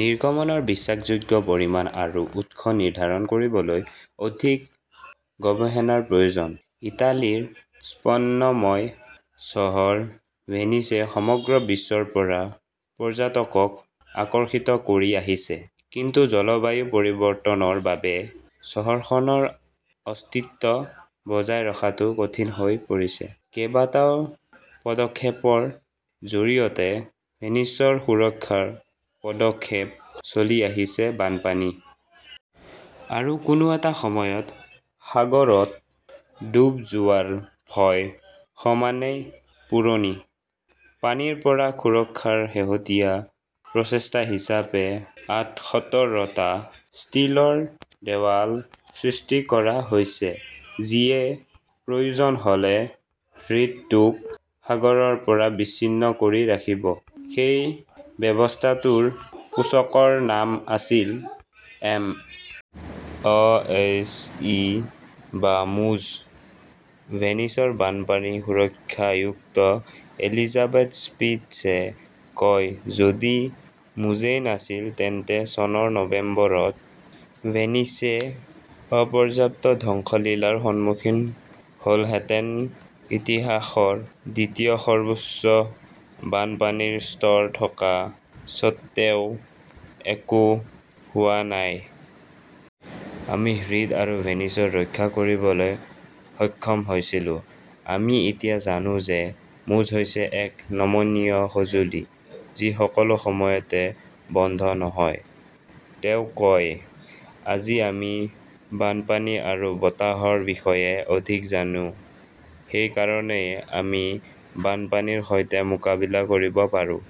নিৰ্গমনৰ বিশ্বাসযোগ্য পৰিমাণ আৰু উৎস নিৰ্ধাৰণ কৰিবলৈ অধিক গৱেষণাৰ প্ৰয়োজন। ইটালীৰ স্বপ্নময় চহৰ ভেনিছে সমগ্ৰ বিশ্বৰ পৰা পৰ্যটকক আকৰ্ষিত কৰি আহিছে। কিন্তু জলবায়ু পৰিৱৰ্তনৰ বাবে চহৰখনৰ অস্তিত্ব বজাই ৰখাটো কঠিন হৈ পৰিছে। কেইবাটাও পদক্ষেপৰ জৰিয়তে ভেনিচৰ সুৰক্ষাৰ পদক্ষেপ চলি আছে। বানপানী আৰু কোনো এটা সময়ত সাগৰত ডুব যোৱাৰ ভয় সমানেই পুৰণি। পানীৰ পৰা সুৰক্ষাৰ শেহতীয়া প্ৰচেষ্টা হিচাপে আঠসত্তৰটা ষ্টীলৰ দেৱাল সৃষ্টি কৰা হৈছে, যিয়ে প্ৰয়োজন হ'লে হ্ৰদটোক সাগৰৰ পৰা বিচ্ছিন্ন কৰি ৰাখিব। সেই ব্যৱস্থাটোৰ পোচাকৰ নাম আছিল এম. অ'. এছ. ই. বা মোজ। ভেনিচৰ বানপানী সুৰক্ষা আয়ুক্ত এলিজাবেথ স্পিটছে কয়, যদি মোজেই নাছিল তেন্তে চনৰ নৱেম্বৰত ভেনিছে অপৰ্যাপ্ত ধ্বংসলীলাৰ সন্মুখীন হ'লহেঁতেন। ইতিহাসৰ দ্বিতীয় সৰ্বোচ্চ বানপানীৰ স্তৰ থকা স্বত্বেও একো হোৱা নাই। আমি হ্ৰদ আৰু ভেনিচ ৰক্ষা কৰিবলৈ সক্ষম হৈছিলো। আমি এতিয়া জানো যে মোজ হৈছে এক নমনীয় সঁজুলি, যি সকলো সময়তে বন্ধ নহয়, তেওঁ কয়। আজি আমি বানপানী আৰু বতাহৰ বিষয়ে অধিক জানো। সেই কাৰণেই আমি বানপানীৰ সৈতে মোকাবিলা কৰিব পাৰোঁ।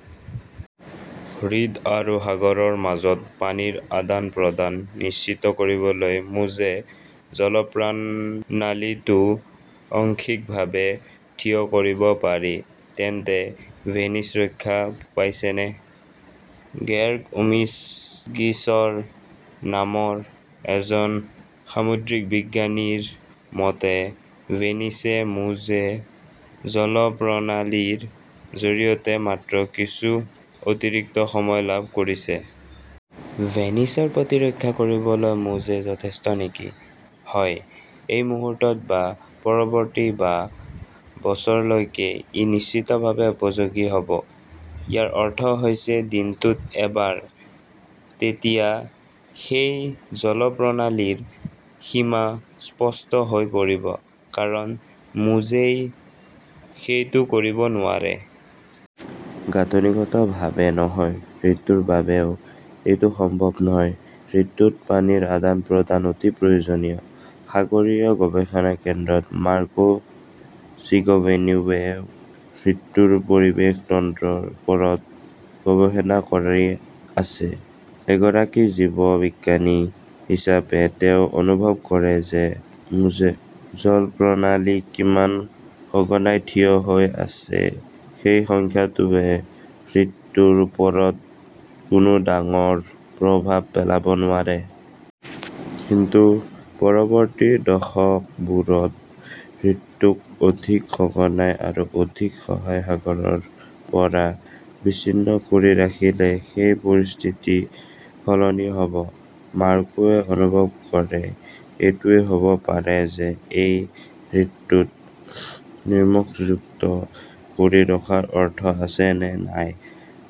হ্ৰদ আৰু সাগৰৰ মাজত পানীৰ আদান-প্ৰদান নিশ্চিত কৰিবলৈ মোজে জলপ্ৰণালীটো আংশিকভাৱে থিয় কৰিব পাৰি। তেন্তে ভেনিছে ৰক্ষা পাইছেনে? গেৰ্গ উমগিছাৰ নামৰ এজন সামুদ্ৰিক বিজ্ঞানীৰ মতে, ভেনিছে মোজে জলপ্ৰণালীৰ জৰিয়তে মাত্ৰ কিছু অতিৰিক্ত সময় লাভ কৰিছে। ভেনিচৰ প্ৰতিৰক্ষা কৰিবলৈ মোজেই যথেষ্ট নেকি? হয়, এই মুহূৰ্তত বা পৰৱৰ্তী বা বছৰলৈকে ই নিশ্চিতভাৱে উপযোগী হ 'ব। ইয়াৰ অৰ্থ হৈছে দিনটোত এবাৰ। তেতিয়া সেই জলপ্ৰণালীৰ সীমা স্পষ্ট হৈ পৰিব। কাৰণ মোজেই সেইটো কৰিব নোৱাৰে। গাঁথনিগতভাৱে নহয়, হ্ৰদটোৰ বাবেও এইটো সম্ভৱ নহ'ব। হ্ৰদটোত পানীৰ আদান-প্ৰদান অতি প্ৰয়োজনীয়। সাগৰীয় গৱেষণা কেন্দ্ৰত মাৰ্কো চিগোভিনিওৱে হ্ৰদটোৰ পৰিৱেশ তন্ত্ৰৰ ওপৰত গৱেষণা কৰি আছে। এগৰাকী জীৱবিজ্ঞানী হিচাপে তেওঁ অনুভৱ কৰে, মোজে জলপ্ৰণালী কিমান সঘনাই থিয় হৈ আছে, সেই সংখ্যাটোৱে হ্ৰদটোৰ ওপৰত কোনো ডাঙৰ প্ৰভাৱ পেলাব নোৱাৰে। কিন্তু পৰৱৰ্তী দশকবোৰত হ্ৰদটোক অধিক সঘনাই আৰু অধিক সময় সাগৰৰ পৰা বিচ্ছিন্ন কৰি ৰাখিলে সেই পৰিস্থিতি সলনি হ 'ব। মাৰ্কোৱে অনুভৱ কৰে, এইটোও হ'ব পাৰে যে এই হ্ৰদটো নিমখযুক্ত কৰি ৰখাৰ অৰ্থ আছে নে নাই,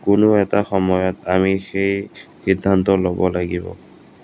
কোনো এটা সময়ত আমি সেই সিদ্ধান্ত ল'ব লাগিব।